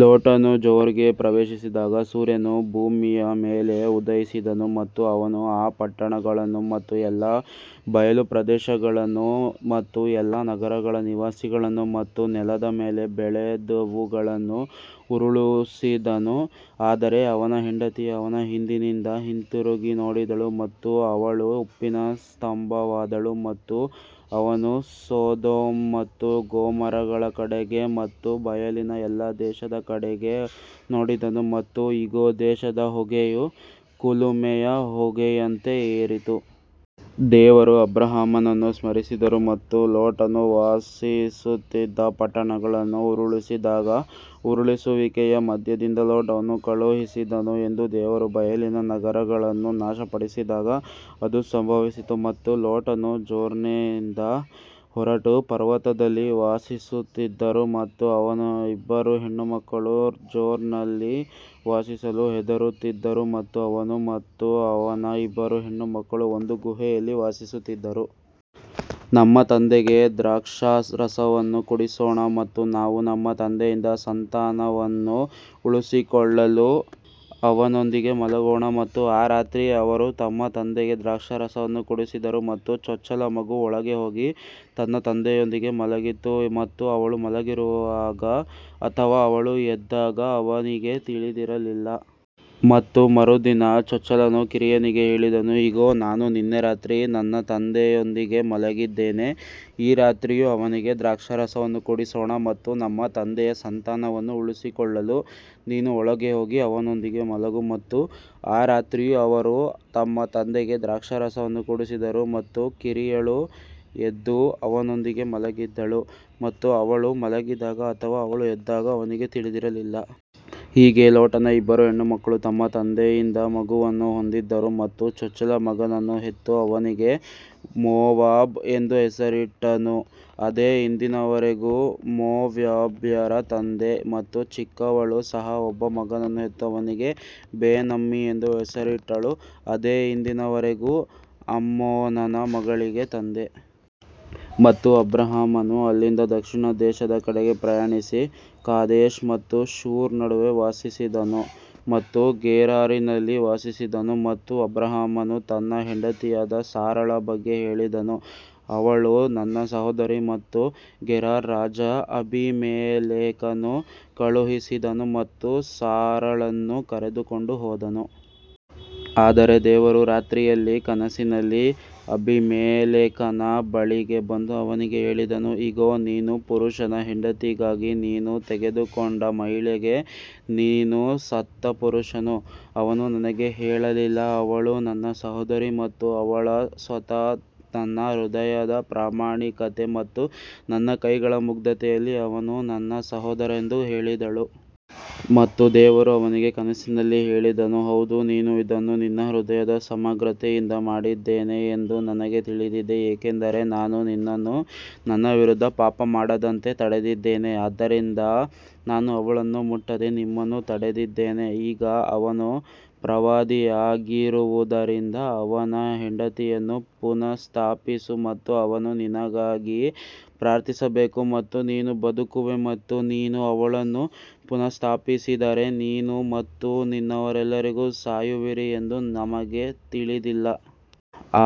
ಲೋಟನು ಜೋರ್ಗೆ ಪ್ರವೇಶಿಸಿದಾಗ ಸೂರ್ಯನು ಭೂಮಿಯ ಮೇಲೆ ಉದಯಿಸಿದನು ಮತ್ತು ಅವನು ಆ ಪಟ್ಟಣಗಳನ್ನು ಮತ್ತು ಎಲ್ಲಾ ಬಯಲು ಪ್ರದೇಶಗಳನ್ನು ಮತ್ತು ಎಲ್ಲಾ ನಗರಗಳ ನಿವಾಸಿಗಳನ್ನು ಮತ್ತು ನೆಲದ ಮೇಲೆ ಬೆಳೆದವುಗಳನ್ನು ಉರುಳಿಸಿದನು. ಆದರೆ ಅವನ ಹೆಂಡತಿ ಅವನ ಹಿಂದಿನಿಂದ ಹಿಂತಿರುಗಿ ನೋಡಿದಳು ಮತ್ತು ಅವಳು ಉಪ್ಪಿನ ಸ್ತಂಭವಾದಳು ಮತ್ತು ಅವನು ಸೊದೋಮ್ ಮತ್ತು ಗೊಮೋರಗಳ ಕಡೆಗೆ ಮತ್ತು ಬಯಲಿನ ಎಲ್ಲಾ ದೇಶದ ಕಡೆಗೆ ನೋಡಿದನು ಮತ್ತು ಇಗೋ, ದೇಶದ ಹೊಗೆಯು ಕುಲುಮೆಯ ಹೊಗೆಯಂತೆ ಏರಿತು. ದೇವರು ಅಬ್ರಹಾಮನನ್ನು ಸ್ಮರಿಸಿದನು ಮತ್ತು ಲೋಟನು ವಾಸಿಸುತ್ತಿದ್ದ ಪಟ್ಟಣಗಳನ್ನು ಉರುಳಿಸಿದಾಗ ಉರುಳಿಸುವಿಕೆಯ ಮಧ್ಯದಿಂದ ಲೋಟನನ್ನು ಕಳುಹಿಸಿದನು ಎಂದು ದೇವರು ಬಯಲಿನ ನಗರಗಳನ್ನು ನಾಶಪಡಿಸಿದಾಗ ಅದು ಸಂಭವಿಸಿತು. ಮತ್ತು ಲೋಟನು ಜೋರ್ನಿಂದ ಹೊರಟು ಪರ್ವತದಲ್ಲಿ ವಾಸಿಸುತ್ತಿದ್ದನು ಮತ್ತು ಅವನ ಇಬ್ಬರು ಹೆಣ್ಣುಮಕ್ಕಳು ಜೋರ್ನಲ್ಲಿ ವಾಸಿಸಲು ಹೆದರುತ್ತಿದ್ದರು ಮತ್ತು ಅವನು ಮತ್ತು ಅವನ ಇಬ್ಬರು ಹೆಣ್ಣುಮಕ್ಕಳು ಒಂದು ಗುಹೆಯಲ್ಲಿ ವಾಸಿಸುತ್ತಿದ್ದರು. ನಮ್ಮ ತಂದೆಗೆ ದ್ರಾಕ್ಷಾರಸವನ್ನು ಕುಡಿಸೋಣ ಮತ್ತು ನಾವು ನಮ್ಮ ತಂದೆಯಿಂದ ಸಂತಾನವನ್ನು ಉಳಿಸಿಕೊಳ್ಳಲು ಅವನೊಂದಿಗೆ ಮಲಗೋಣ ಮತ್ತು ಆ ರಾತ್ರಿ ಅವರು ತಮ್ಮ ತಂದೆಗೆ ದ್ರಾಕ್ಷಾರಸವನ್ನು ಕುಡಿಸಿದರು ಮತ್ತು ಚೊಚ್ಚಲ ಮಗು ಒಳಗೆ ಹೋಗಿ ತನ್ನ ತಂದೆಯೊಂದಿಗೆ ಮಲಗಿತು ಮತ್ತು ಅವಳು ಮಲಗಿರುವಾಗ ಅಥವಾ ಅವಳು ಎದ್ದಾಗ ಅವನಿಗೆ ತಿಳಿದಿರಲಿಲ್ಲ. ಮತ್ತು ಮರುದಿನ, ಚೊಚ್ಚಲನು ಕಿರಿಯನಿಗೆ ಹೇಳಿದನು, ಇಗೋ, ನಾನು ನಿನ್ನೆ ರಾತ್ರಿ ನನ್ನ ತಂದೆಯೊಂದಿಗೆ ಮಲಗಿದ್ದೇನೆ, ಈ ರಾತ್ರಿಯೂ ಅವನಿಗೆ ದ್ರಾಕ್ಷಾರಸವನ್ನು ಕುಡಿಸೋಣ ಮತ್ತು ನಮ್ಮ ತಂದೆಯ ಸಂತಾನವನ್ನು ಉಳಿಸಿಕೊಳ್ಳಲು ನೀನು ಒಳಗೆ ಹೋಗಿ ಅವನೊಂದಿಗೆ ಮಲಗು. ಮತ್ತು ಆ ರಾತ್ರಿಯೂ ಅವರು ತಮ್ಮ ತಂದೆಗೆ ದ್ರಾಕ್ಷಾರಸವನ್ನು ಕುಡಿಸಿದರು ಮತ್ತು ಕಿರಿಯಳು ಎದ್ದು ಅವನೊಂದಿಗೆ ಮಲಗಿದ್ದಳು ಮತ್ತು ಅವಳು ಮಲಗಿದಾಗ ಅಥವಾ ಅವಳು ಎದ್ದಾಗ ಅವನಿಗೆ ತಿಳಿದಿರಲಿಲ್ಲ. ಹೀಗೆ ಲೋಟನ ಇಬ್ಬರು ಹೆಣ್ಣುಮಕ್ಕಳು ತಮ್ಮ ತಂದೆಯಿಂದ ಮಗುವನ್ನು ಹೊಂದಿದ್ದರು ಮತ್ತು ಚೊಚ್ಚಲ ಮಗನನ್ನು ಹೆತ್ತು ಅವನಿಗೆ ಮೋವಾಬ್ ಎಂದು ಹೆಸರಿಟ್ಟನು, ಅದೇ ಇಂದಿನವರೆಗೂ ಮೋವಾಬ್ಯರ ತಂದೆ. ಮತ್ತು ಚಿಕ್ಕವಳು ಸಹ ಒಬ್ಬ ಮಗನನ್ನು ಹೆತ್ತು ಅವನಿಗೆ ಬೇನಮ್ಮಿ ಎಂದು ಹೆಸರಿಟ್ಟಳು, ಅದೇ ಇಂದಿನವರೆಗೂ ಅಮ್ಮೋನನ ಮಕ್ಕಳಿಗೆ ತಂದೆ. ಮತ್ತು ಅಬ್ರಹಾಮನು ಅಲ್ಲಿಂದ ದಕ್ಷಿಣ ದೇಶದ ಕಡೆಗೆ ಪ್ರಯಾಣಿಸಿ ಕಾದೇಶ್ ಮತ್ತು ಶೂರ್ ನಡುವೆ ವಾಸಿಸಿದನು ಮತ್ತು ಗೆರಾರಿನಲ್ಲಿ ವಾಸಿಸಿದನು. ಮತ್ತು ಅಬ್ರಹಾಮನು ತನ್ನ ಹೆಂಡತಿಯಾದ ಸಾರಳ ಬಗ್ಗೆ ಹೇಳಿದನು, ಅವಳು ನನ್ನ ಸಹೋದರಿ ಮತ್ತು ಗೆರಾರ್ ರಾಜ ಅಬೀಮೆಲೆಕನು ಕಳುಹಿಸಿದನು ಮತ್ತು ಸಾರಳನ್ನು ಕರೆದುಕೊಂಡು ಹೋದನು. ಆದರೆ ದೇವರು ರಾತ್ರಿಯಲ್ಲಿ ಕನಸಿನಲ್ಲಿ ಅಬೀಮೆಲೆಕನ ಬಳಿಗೆ ಬಂದು ಅವನಿಗೆ ಹೇಳಿದನು, ಇಗೋ, ನೀನು ಪುರುಷನ ಹೆಂಡತಿಗಾಗಿ ನೀನು ತೆಗೆದುಕೊಂಡ ಮಹಿಳೆಗೆ ನೀನು ಸತ್ತ ಪುರುಷನು. ಅವನು ನನಗೆ ಹೇಳಲಿಲ್ಲ ಅವಳು ನನ್ನ ಸಹೋದರಿ ಮತ್ತು ಅವಳು ಸ್ವತಃ ನನ್ನ ಹೃದಯದ ಪ್ರಾಮಾಣಿಕತೆ ಮತ್ತು ನನ್ನ ಕೈಗಳ ಮುಗ್ಧತೆಯಲ್ಲಿ ಅವನು ನನ್ನ ಸಹೋದರ ಎಂದು ಹೇಳಿದಳು. ಮತ್ತು ದೇವರು ಅವನಿಗೆ ಕನಸಿನಲ್ಲಿ ಹೇಳಿದನು ಹೌದು ನೀನು ಇದನ್ನು ನಿನ್ನ ಹೃದಯದ ಸಮಗ್ರತೆಯಿಂದ ಮಾಡಿದ್ದೇನೆ ಎಂದು ನನಗೆ ತಿಳಿದಿದೆ ಏಕೆಂದರೆ ನಾನು ನಿನ್ನನ್ನು ನನ್ನ ವಿರುದ್ಧ ಪಾಪ ಮಾಡದಂತೆ ತಡೆದಿದ್ದೇನೆ ಆದ್ದರಿಂದ ನಾನು ಅವಳನ್ನು ಮುಟ್ಟದೆ ನಿಮ್ಮನ್ನು ತಡೆದಿದ್ದೇನೆ. ಈಗ ಅವನು ಪ್ರವಾದಿಯಾಗಿರುವುದರಿಂದ ಅವನ ಹೆಂಡತಿಯನ್ನು ಪುನಃಸ್ಥಾಪಿಸು ಮತ್ತು ಅವನು ನಿನಗಾಗಿ ಪ್ರಾರ್ಥಿಸಬೇಕು ಮತ್ತು ನೀನು ಬದುಕುವೆ ಮತ್ತು ನೀನು ಅವಳನ್ನು ಪುನಃಸ್ಥಾಪಿಸಿದರೆ ನೀನು ಮತ್ತು ನಿನ್ನವರೆಲ್ಲರೂ ಸಾಯುವಿರಿ ಎಂದು ನಿಮಗೆ ತಿಳಿದಿಲ್ಲ.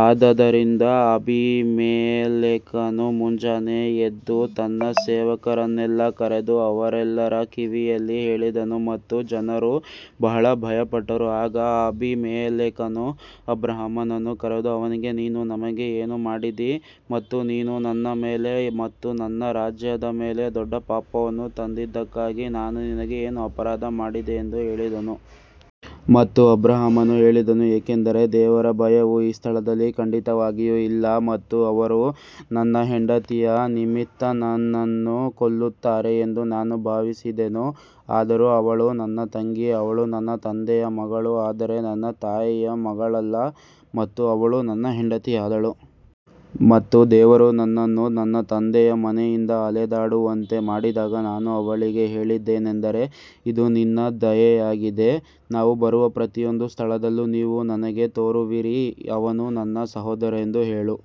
ಆದದರಿಂದ ಅಬೀಮೆಲೆಕನು ಮುಂಜಾನೆ ಎದ್ದು ತನ್ನ ಸೇವಕರನ್ನೆಲ್ಲಾ ಕರೆದು ಅವರೆಲ್ಲರ ಕಿವಿಯಲ್ಲಿ ಹೇಳಿದನು ಮತ್ತು ಜನರು ಬಹಳ ಭಯಪಟ್ಟರು. ಆಗ ಅಬೀಮೆಲೆಕನು ಅಬ್ರಹಾಮನನ್ನು ಕರೆದು ಅವನಿಗೆ ನೀನು ನಮಗೆ ಏನು ಮಾಡಿದಿ ಮತ್ತು ನೀನು ನನ್ನ ಮೇಲೆ ಮತ್ತು ನನ್ನ ರಾಜ್ಯದ ಮೇಲೆ ದೊಡ್ಡ ಪಾಪವನ್ನು ತಂದಿದ್ದಕ್ಕಾಗಿ ನಾನು ನಿನಗೆ ಏನು ಅಪರಾಧ ಮಾಡಿದೆ ಎಂದು ಹೇಳಿದನು. ಮತ್ತು ಅಬ್ರಹಾಮನು ಹೇಳಿದನು ಏಕೆಂದರೆ ದೇವರ ಭಯವು ಈ ಸ್ಥಳದಲ್ಲಿ ಖಂಡಿತವಾಗಿಯೂ ಇಲ್ಲ ಮತ್ತು ಅವರು ನನ್ನ ಹೆಂಡತಿಯ ನಿಮಿತ್ತ ನನ್ನನ್ನು ಕೊಲ್ಲುತ್ತಾರೆ ಎಂದು ನಾನು ಭಾವಿಸಿದೆನು. ಆದರೂ ಅವಳು ನನ್ನ ತಂಗಿ, ಅವಳು ನನ್ನ ತಂದೆಯ ಮಗಳು ಆದರೆ ನನ್ನ ತಾಯಿಯ ಮಗಳಲ್ಲ ಮತ್ತು ಅವಳು ನನ್ನ ಹೆಂಡತಿಯಾದಳು. ಮತ್ತು ದೇವರು ನನ್ನನ್ನು ನನ್ನ ತಂದೆಯ ಮನೆಯಿಂದ ಅಲೆದಾಡುವಂತೆ ಮಾಡಿದಾಗ ನಾನು ಅವಳಿಗೆ ಹೇಳಿದ್ದೇನೆಂದರೆ ಇದು ನಿನ್ನ ದಯೆಯಾಗಿದೆ, ನಾವು ಬರುವ ಪ್ರತಿಯೊಂದು ಸ್ಥಳದಲ್ಲೂ ನೀವು ನನಗೆ ತೋರುವಿರಿ ಅವನು ನನ್ನ ಸಹೋದರ ಎಂದು ಹೇಳು.